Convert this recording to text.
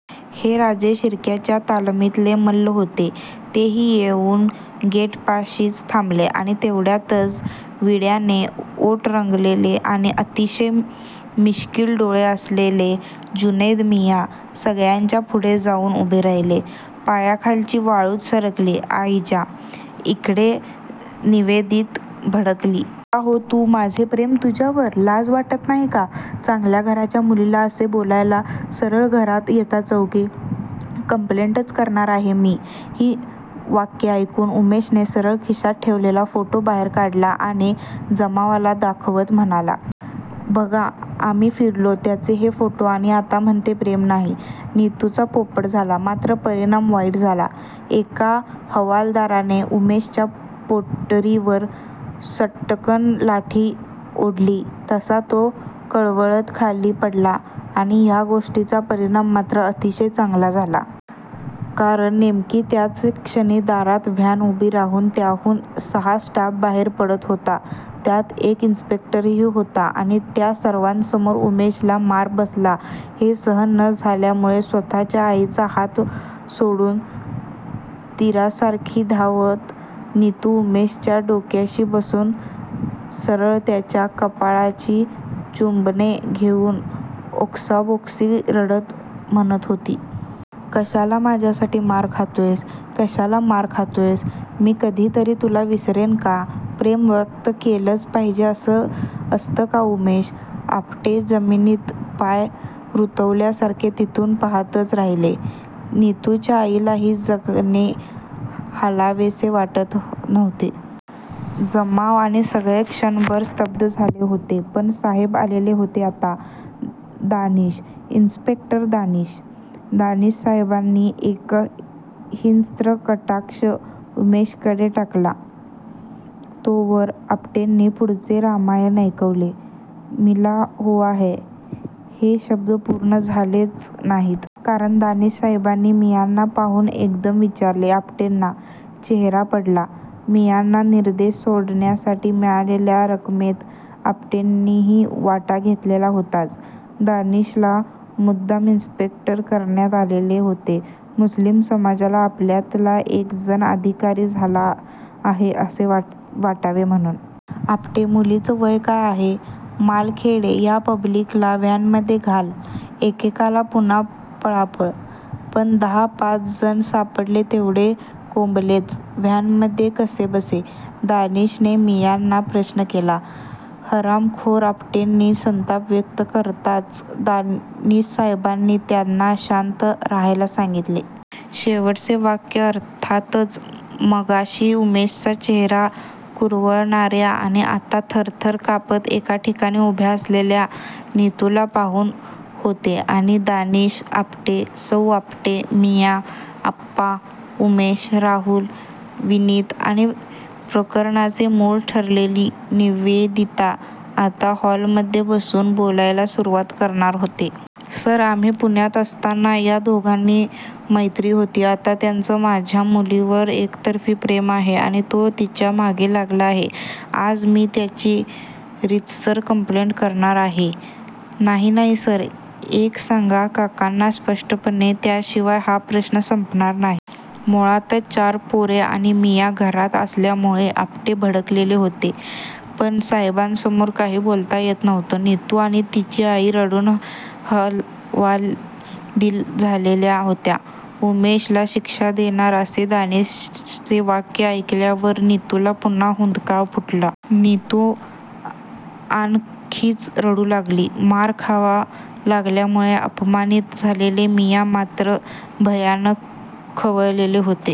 हे राजे शिर्क्यांच्या तालमीतले मल्ल होते. तेही येऊन गेटपाशीच थांबले आणि तेवढ्यातच विड्याने ओठ रंगलेले आणि अतिशय मिश्कील डोळे असलेले जुनैद मियाँ सगळ्यांच्या पुढे जाऊन उभे राहिले. पायाखालची वाळूच सरकली आईंच्या! इकडे निवेदिता भडकली. चालता हो तू माझे प्रेम तुझ्यावर? लाज वाटत नाही का चांगल्या घरच्या मुलील असे बोलायला सरळ घरात येता चौघे? कंप्लेन्टच करणार आहे मी ही वाक्ये ऐकून उमेशने सरळ खिशात ठेवलेला फोटो बाहेर काढला आणि जमावाला दाखवत म्हणाला. बघा आम्ही फिरलो त्याचे हे फोटो आणि आता म्हणते प्रेम नाही. नितुचा पोपट झाला. मात्र परिणाम वाईट झाला. एका हवालदाराने उमेशच्या पोटरीवर सट्टकन लाठी ओढली तसा तो कळवळत खाली पडला आणि ह्या गोष्टीचा परिणाम मात्र अतिशय चांगला झाला. कारण नेमकी त्याच क्षणी दारात व्हॅन उभी राहून त्यातून सहा स्टाफ बाहेर पडत होता ज्यात एक इन्स्पेक्टरही होता आणि त्या सर्वांसमोर उमेशला मार बसला हे सहन न झाल्यामुळे स्वतःच्या आईचा हात सोडून तीरासारखी धावत नितु उमेशच्या डोक्याशी बसून सरळ त्याच्या कपाळाची चुंबने घेऊन ओक्साबोक्शी रडत म्हणत होती. कशाला माझ्यासाठी मार खातोयस? कशाला मार खातोयस? मी कधीतरी तुला विसरेन का? प्रेम व्यक्त केलंच पाहिजे असं असतं का उमेश? आपटे जमीनीत पाय रुतल्यासारखे थिजून पाहातच राहिले. नितुच्या आईलाही जागचे हालावेसे वाटत नव्हते. जमाव आणि सगळेच क्षणभर स्तब्ध झाले होते. पण साहेब आलेले होते आता! दानिश! इन्स्पेक्टर दानिश! दानिशसाहेबांनी एक हिंस्त्र कटाक्ष उमेशकडे टाकला. तोवर आपटेंनी पुढचे रामायण ऐकवले. 'मिला हुवा है' हे शब्द पूर्ण झालेच नाहीत. कारण दानिशसाहेबांनी मियाँना पाहून एकदम विचारले. आपटेंचा चेहराच पडला. मियाँना निर्दोष सोडण्यासाठी मिळालेल्या रकमेत आपटेंनीही वाटा घेतलेला होताच! दानिशला मुद्दाम इन्स्पेक्टर करण्यात आलेले होते. मुस्लिम समाजाला आपल्यातला एक जण अधिकारी झाला आहे असे वाटावे म्हणून! आपटे. मुलीचं वय काय आहे? मालखेडे या पब्लिकला व्हॅनमध्ये घाल एकेकाल पुन्हा पळापळ! पण दहा पाच जण सापडले तेवढे कोंबलेच व्हॅनमध्ये कसेबसे! दानिशने मियाँना प्रश्न केला. हरामखोर आपटेंनी संताप व्यक्त करताच दानिशसाहेबांनी त्यांना शांत राहायला सांगितले. शेवटचे वाक्य अर्थातच मगाशी उमेशचा चेहरा कुरवाळणार्या आणि आता थरथर कापत एका ठिकाणी उभ्या असलेल्या नितुला पाहून होते आणि दानिश, आपटे, सौ. आपटे, मियाँ, आप्पा, उमेश, राहुल, विनीत आणि प्रकरनाचे मूळ ठरलेली निवेदिता आता हॉलमध्ये बसून बोलायला सुरुवात करणार होते. सर आम्ही पुण्यात असताना या दोघांची मैत्री होती. आता त्याचं माझ्या मुलीवर एकतर्फी प्रेम आहे आणि तो तिच्या मागे लागत आहे. आज मी त्याची रीतसर कंप्लेन्ट करणार आहे. नही नही सर ए सांग काकांना स्पष्टपणे त्याशिवाय हा प्रश्न संपणार नाही. मुळातच चार पोरे आणि मियाँ घरात आल्यामुळे आपटे भडकलेले होते पण साहेबांसमोर काही बोलता येत नव्हते. नितु आणि तिची आई रडून हवालदिल झालेल्या होत्या. उमेशला शिक्षा देणार असे दानिशचे वाक्य ऐकल्यावर नितुला पुन्हा हुंदका फुटला. नितु आणखीनच रडू लागली. मार खावा लागल्यामुळे अपमानीत झालेले मियाँ मात्र भयानक खवळलेले होते.